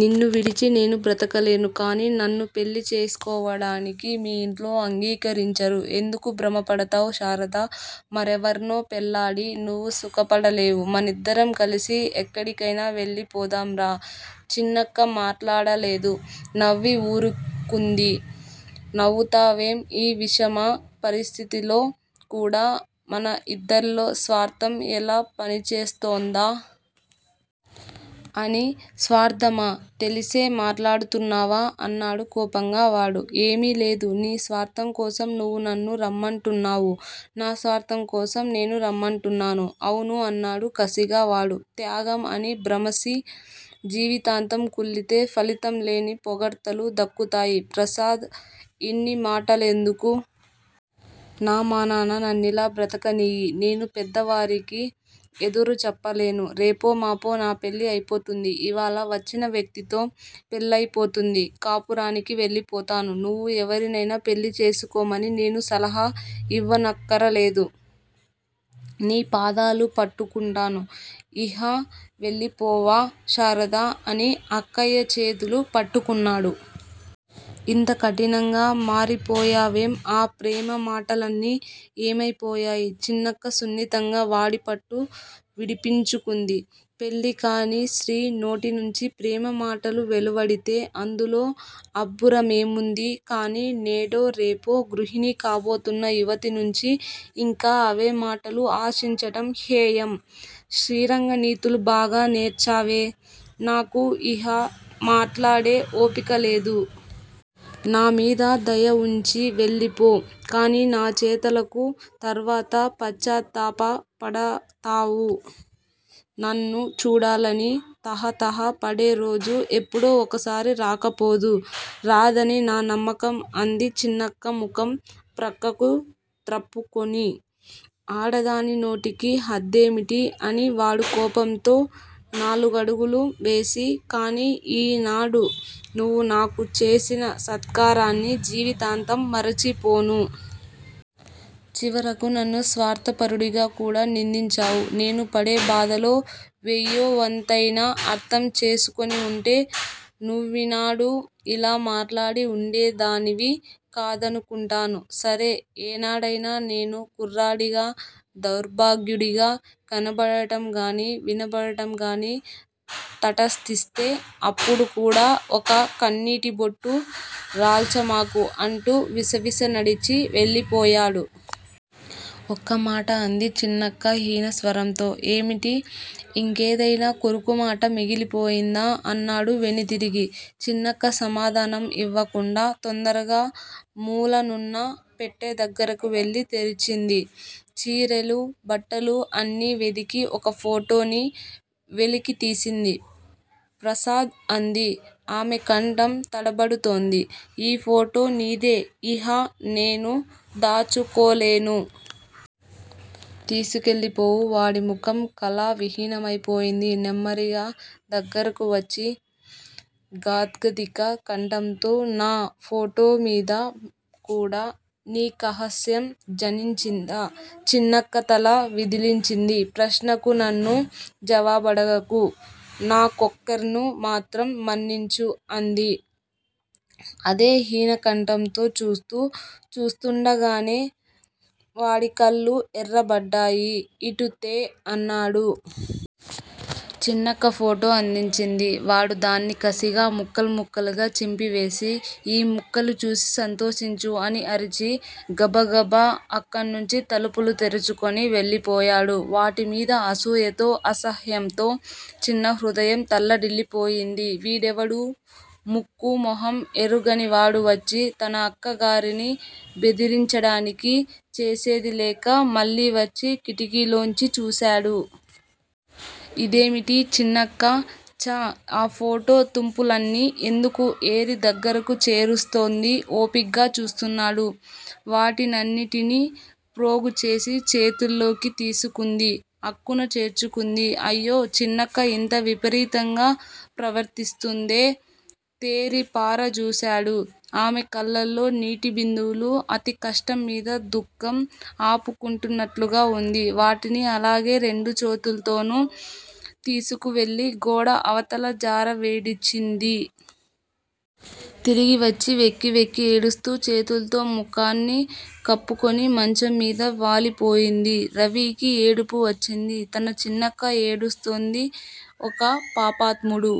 నిన్ను విడిచి నేను బ్రతకలేను. కానీ నన్ను పెళ్ళి చేసుకోవడానికి మీ ఇంట్లో అంగీకరించరు. ఎందుకు భ్రమపడతావ్ శారదా? మరెవర్నో పెళ్ళాడి నువ్వూ సుఖపడలేవు. మనమిద్దరం కలిసి ఎక్కడికైనా వెళ్ళిపోదాం రా! చిన్నక్క మాట్లాడలేదు. నవ్వి ఊరుకుంది. నవ్వుతావేం? ఈ విషమ పరిస్థితిలో కూడా మన ఇద్దరిలో స్వార్ధం ఎలా పనిచేస్తోందా? అని. స్వార్ధమా? తెలిసే మాట్లాడుతున్నావా? అన్నాడు కోపంగా వాడు. ఏమీలేదు, నీ స్వార్థంకోసం నువ్వు నన్ను రమ్మంటున్నావు. నా స్వార్ధం కోసం నేను రానంటున్నాను అవును అన్నాడు కసిగా వాడు. త్యాగం అని భ్రమసి జీవితాంతం కుళ్ళితే ఫలితంలేని పొగడ్తలు దక్కుతాయి. ప్రసాద్! ఇన్ని మాటలెందుకు? నా మానాన నన్నిలా బ్రతకనియ్యి. నేను పెద్దవారికి ఎదురుచెప్పలేను. రేపో మాపో నా పెళ్ళి అయిపోతుంది. ఇవాళ వచ్చినవ్యక్తితో పెళ్ళయిపోతుంది. కాపురానికి వెళ్ళిపోతాను. నువ్వూ ఎవరినైనా పెళ్ళి చేసుకోమని నేను సలహా ఇవ్వక్కరలేదు. నీ పాదాలు పట్టుకుంటాను. ఇహ వెళ్ళిపోవా? శారదా! అని అక్కయ్య చేతులు పట్టుకున్నాడు. ఇంత కఠినంగా మారిపోయావేం? ఆ ప్రేమమాటలన్నీ ఏమయిపోయాయి? చిన్నక్క సున్నితంగా వాడిపట్టు విడిపించుకుంది. పెళ్ళికాని స్త్రీ నోటినుంచి ప్రేమ మాటలు వెలువడితే అందులో అబ్బురమేముంది? కానీ నేడో రేపో గృహిణి కాబోతున్న యువతినుంచి ఇంకా అవే మాటలు ఆశించటం హేయం. శ్రీరంగనీతులు బాగా నేర్చావే? నాకు ఇహ మాట్లాడే ఓపికలేదు. నామీద దయ వుంచి వెళ్లిపో! కానీ నీ చేతలకు తర్వాత పశ్చాత్తాపపడతావు. నన్ను చూడాలని తహ తహ పడేరోజు ఎప్పుడో ఒకసారి రాకపోదు. రాదనే నా నమ్మకం అంది చిన్నక్క ముఖం ప్రక్కకు త్రుప్పుకుని. ఆడదాని నోటికి హద్దేమిటి? అని వాడు కోపంతో నాలుగడుగులు వేసి కానీ ఈనాడు నువ్వు నాకు చేసిన సత్కారాన్ని జీవితాంతం మరచిపోను. చివరకు నన్ను స్వార్ధపరుడిగా కూడా నిందించావు. నేను పడే బాధలో వెయ్యో వంతయినా అర్ధం చేసుకునివుంటే నువ్వీనాడు ఇలా మాట్లాడి వుండేదానివి కాదనుకుంటాను. సరే! ఏనాడైనా నేను కుర్రాడిగా, దౌర్భాగ్యుడిగా కనబడటంగానీ, వినబడటంగానీ తటస్థిస్తే అప్పుడుకూడా ఒక కన్నీటిబొట్టు రాల్చమాకు అంటూ విసవిస నడిచి వెళ్ళిపోయాడు. ఒక్కమాట అంది చిన్నక్క హీనస్వరంతో. ఏమిటి? ఇంకేదైనా కరుకుమాట మిగిలిపోయిందా? అన్నాడు వెనుదిరిగి. చిన్నక్క సమాధానం ఇవ్వకుండా, తొందరగా మూలనున్న పెట్టెదగ్గరకు వెళ్ళి తెరిచింది. చీరెలు, బట్టలు అన్నీ వెదికి ఒక ఫోటోని వెలికితీసింది. ప్రసాద్! అంది. ఆమెకంఠం తడబడుతోంది. ఈ ఫోటో నీదే. ఇహ నేను దాచుకోలేను. తీసుకెళ్ళిపోవూ! వాడిముఖం కళావిహీనమైపోయింది. నెమ్మదిగా దగ్గరకు వచ్చి గాద్గదిక కంఠంతో నా ఫోటోమీద కూడా నీకసహ్యం జనించిందా? చిన్నక్క తల విదిలించింది. ప్రశ్నకు నన్ను జవాబడగకు. నాకోర్కెను మాత్రం మన్నించు అంది, అదే హీనకంఠంతో. చూస్తూ చూస్తుండగానే వాడి కళ్ళు ఎర్రబడ్డాయి. ఇటు తే అన్నాడు. చిన్నక్క ఫోటో అందించింది. వాడు దాన్ని కసిగా ముక్కలు ముక్కలుగా చింపివేసి, ఈ ముక్కలుచూసి సంతోషించు అని అరిచి గబగబ అక్కడ్నుంచి తలుపులు తెరుచుకుని వెళ్ళిపోయాడు. వాడిమీద అసూయతో, అసహ్యంతో చిన్నహృదయం తల్లడిల్లిపోయింది. వీడెవడు? ముక్కూ మొహం ఎరుగనివాడు వచ్చి తన అక్కగారిని బెదిరించడానికి? చేసేదిలేక మళ్ళీవచ్చి కిటికీలోంచి చూశాడు. ఇదేమిటి, చిన్నక్క? ఛ! ఆ ఫోటో తుంపులన్నీ ఎందుకు ఏరి దగ్గరకు చేరుస్తోంది? ఓపిగ్గా చూస్తున్నాడు. వాటినన్నిటినీ ప్రోగుచేసి చేతుల్లోకి తీసుకుంది. అక్కున చేర్చుకుంది. అయ్యో! చిన్నక్క ఇంత విపరీతంగా ప్రవర్తిస్తుందే? తేరిపారజూశాడు. ఆమె కళ్ళల్లో నీటిబిందువులు. అతికష్టంమీద దుఃఖం ఆపుకుంటున్నట్లుగా వుంది. వాటిని అలాగే రెండు చేతుల్తోనూ తీసుకు వెళ్ళి గోడ అవతల జారవిడిచింది. తిరిగివచ్చి వెక్కి వెక్కి ఏడుస్తూ చేతుల్తో ముఖాన్ని కప్పుకుని మంచంమీద వాలిపోయింది. రవికి ఏడుపు వచ్చింది. తన చిన్నక్క ఏడుస్తోంది. ఒక పాపాత్ముడు